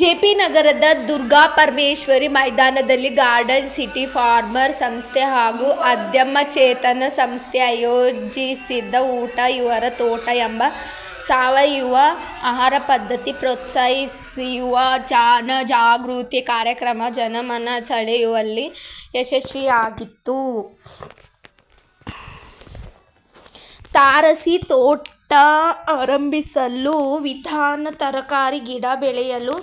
J. P. ನಗರದ ದುರ್ಗಾಪರಮೇಶ್ವರಿ ಮೈದಾನದಲ್ಲಿ garden city farmer ಸಂಸ್ಥೆ ಹಾಗೂ ಅದಮ್ಯ ಚೇತನ ಸಂಸ್ಥೆ ಆಯೋಜಿಸಿದ್ದ ಊಟ ಯುವರ್ ತೋಟ ಎಂಬ ಸಾವಯವ ಆಹಾರ ಪದ್ಧತಿ ಪ್ರೋತ್ಸಾಹಿಸುವ ಜನಜಾಗೃತಿ ಕಾರ್ಯಕ್ರಮ ಜನಮನ ಸೆಳೆಯುವಲ್ಲಿ ಯಶಸ್ವಿಯಾಯಿತು. ತಾರಸಿ ತೋಟ ಆರಂಭಿಸುವ ವಿಧಾನ. ತರಕಾರಿ ಗಿಡ ಬೆಳೆಯಲು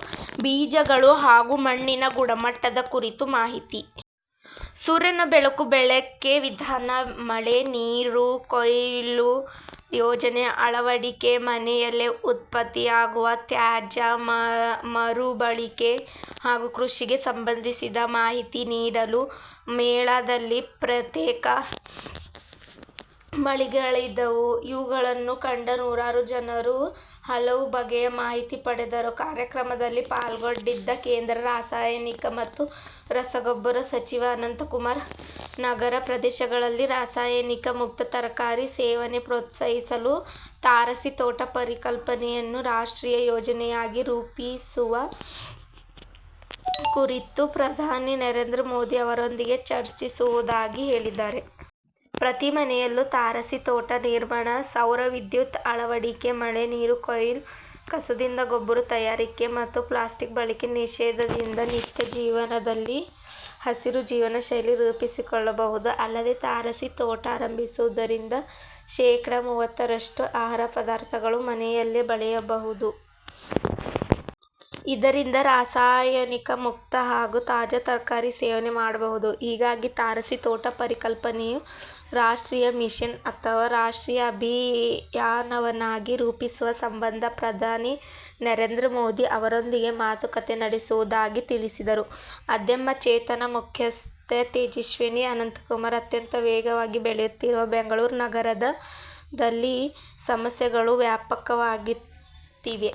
ಬೀಜಗಳು ಹಾಗೂ ಮಣ್ಣಿನ ಗುಣಮಟ್ಟದ ಕುರಿತು ಮಾಹಿತಿ. ಸೂರ್ಯನ ಬೆಳಕು ಬಳಕೆ ವಿಧಾನ. ಮಳೆ ನೀರು ಕೊಯ್ಲು ಯೋಜನೆ ಅಳವಡಿಕೆ. ಮನೆಯಲ್ಲೇ ಉತ್ಪತ್ತಿಯಾಗುವ ತ್ಯಾಜ್ಯ ಮರುಬಳಕೆ ಹಾಗೂ ಕೃಷಿಗೆ ಸಂಬಂಧಿಸಿದ ಮಾಹಿತಿ ನೀಡಲು ಮೇಳದಲ್ಲಿ ಪ್ರತ್ಯೇಕ ಮಳಿಗೆಗಳಿದ್ದವು. ಇವುಗಳನ್ನು ಕಂಡ ನೂರಾರು ಜನರು ಹಲವು ಬಗೆಯ ಮಾಹಿತಿ ಪಡೆದರು. ಕಾರ್ಯಕ್ರಮದಲ್ಲಿ ಪಾಲ್ಗೊಂಡಿದ್ದ ಕೇಂದ್ರ ರಾಸಾಯನಿಕ ಮತ್ತು ರಸಗೊಬ್ಬರ ಸಚಿವ ಅನಂತಕುಮಾರ್ ನಗರ ಪ್ರದೇಶಗಳಲ್ಲಿ ರಾಸಾಯನಿಕ ಮುಕ್ತ ತರಕಾರಿ ಸೇವನೆ ಪ್ರೋತ್ಸಾಹಿಸಲು ತಾರಸಿ ತೋಟ ಪರಿಕಲ್ಪನೆಯನ್ನು ರಾಷ್ಟ್ರೀಯ ಯೋಜನೆಯಾಗಿ ರೂಪಿಸುವ ಕುರಿತು ಪ್ರಧಾನಿ ನರೇಂದ್ರ ಮೋದಿ ಅವರೊಂದಿಗೆ ಚರ್ಚಿಸುವುದಾಗಿ ಹೇಳಿದ್ದಾರೆ. ಪ್ರತಿ ಮನೆಯಲ್ಲೂ ತಾರಸಿ ತೋಟ ನಿರ್ಮಾಣ. ಸೌರವಿದ್ಯುತ್ ಅಳವಡಿಕೆ. ಮಳೆ ನೀರು ಕೊಯ್ಲು. ಕಸದಿಂದ ಗೊಬ್ಬರ ತಯಾರಿಕೆ ಮತ್ತು ಪ್ಲಾಸ್ಟಿಕ್ ಬಳಕೆ ನಿಷೇಧದಿಂದ ನಿತ್ಯ ಜೀವನದಲ್ಲಿ ಹಸಿರು ಜೀವನ ಶೈಲಿ ರೂಪಿಸಿಕೊಳ್ಳಬಹುದು. ಅಲ್ಲದೆ ತಾರಸಿ ತೋಟ ಆರಂಭಿಸುವುದರಿಂದ ಶೇ. ಮೂವತ್ತರಷ್ಟು ಆಹಾರ ಪದಾರ್ಥಗಳನ್ನು ಮನೆಯಲ್ಲೇ ಬೆಳೆಯಬಹುದು. ಇದರಿಂದ ರಾಸಾಯನಿಕ ಮುಕ್ತ ಹಾಗೂ ತಾಜಾ ತರಕಾರಿ ಸೇವನೆ ಮಾಡಬಹುದು. ಹೀಗಾಗಿ ತಾರಸಿ ತೋಟ ಪರಿಕಲ್ಪನೆಯನ್ನು ರಾಷ್ಟ್ರೀಯ ಮಿಷನ್ ಅಥವಾ ರಾಷ್ಟ್ರೀಯ ಅಭಿಯಾನವನ್ನಾಗಿ ರೂಪಿಸುವ ಸಂಬಂಧ ಪ್ರಧಾನಿ ನರೇಂದ್ರ ಮೋದಿ ಅವರೊಂದಿಗೆ ಮಾತುಕತೆ ನಡೆಸುವುದಾಗಿ ತಿಳಿಸಿದರು. ಅದಮ್ಯ ಚೇತನ ಮುಖ್ಯಸ್ಥೆ ತೇಜಸ್ವಿನಿ ಅನಂತಕುಮಾರ್ ಅತ್ಯಂತ ವೇಗವಾಗಿ ಬೆಳೆಯುತ್ತಿರುವ ಬೆಂಗಳೂರು ನಗರದಲ್ಲಿ ಸಮಸ್ಯೆಗಳೂ ವ್ಯಾಪಕವಾಗುತ್ತಿವೆ.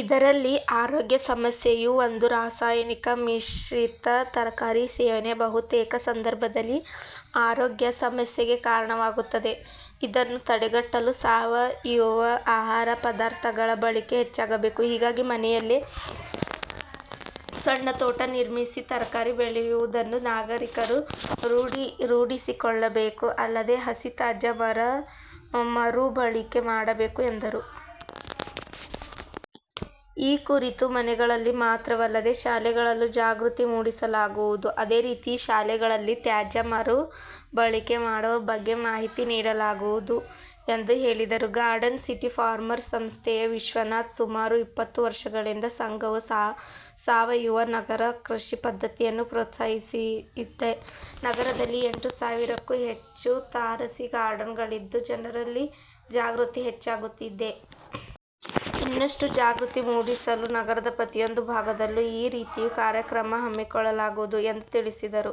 ಇದರಲ್ಲಿ ಆರೋಗ್ಯ ಸಮಸ್ಯೆಯೂ ಒಂದು. ರಾಸಾಯನಿಕ ಮಿಶ್ರಿತ ತರಕಾರಿ ಸೇವನೆ ಬಹುತೇಕ ಸಂದರ್ಭದಲ್ಲಿ ಆರೋಗ್ಯ ಸಮಸ್ಯೆಗೆ ಕಾರಣವಾಗುತ್ತದೆ. ಇದನ್ನು ತಡೆಗಟ್ಟಲು ಸಾವಯವ ಆಹಾರ ಪದಾರ್ಥಗಳ ಬಳಕೆ ಹೆಚ್ಚಾಗಬೇಕು. ಹೀಗಾಗಿ ಮನೆಯಲ್ಲೇ ಸಣ್ಣ ತೋಟ ನಿರ್ಮಿಸಿ ತರಕಾರಿ ಬೆಳೆಯುವುದನ್ನು ನಾಗರಿಕರು ರೂಢಿಸಿಕೊಳ್ಳಬೇಕು. ಅಲ್ಲದೆ ಹಸಿ ತ್ಯಾಜ್ಯ ಮರುಬಳಕೆ ಮಾಡಬೇಕು ಎಂದರು. ಈ ಕುರಿತು ಮನೆಗಳಲ್ಲಿ ಮಾತ್ರವಲ್ಲದೆ ಶಾಲೆಗಳಲ್ಲೂ ಜಾಗೃತಿ ಮೂಡಿಸಲಾಗುವುದು. ಅದೇರೀತಿ ಶಾಲೆಗಳಲ್ಲಿ ತ್ಯಾಜ್ಯ ಮರುಬಳಕೆ ಮಾಡುವ ಬಗ್ಗೆ ಮಾಹಿತಿ ನೀಡಲಾಗುವುದು ಎಂದು ಹೇಳಿದರು. ಗಾರ್ಡನ್ ಸಿಟಿ ಫಾರ್ಮರ್ ಸಂಸ್ಥೆಯ ವಿಶ್ವನಾಥ್ ಸುಮಾರು ಇಪ್ಪತ್ತು ವರ್ಷಗಳಿಂದ ಸಂಘವು ಸಾವಯವ ನಗರ ಕೃಷಿ ಪದ್ಧತಿಯನ್ನು ಪ್ರೋತ್ಸಾಹಿಸುತ್ತಿದೆ. ನಗರದಲ್ಲಿ ಎಂಟು ಸಾವಿರಕ್ಕೂ ಹೆಚ್ಚು ತಾರಸಿ ಗಾರ್ಡನ್‌ಗಳಿದ್ದು ಜನರಲ್ಲಿ ಜಾಗೃತಿ ಹೆಚ್ಚಾಗುತ್ತಿದೆ. ಇನ್ನಷ್ಟು ಜಾಗೃತಿ ಮೂಡಿಸಲು ನಗರದ ಪ್ರತಿಯೊಂದು ಭಾಗದಲ್ಲೂ ಈ ರೀತಿಯ ಕಾರ್ಯಕ್ರಮ ಹಮ್ಮಿಕೊಳ್ಳಲಾಗುವುದು ಎಂದು ತಿಳಿಸಿದರು.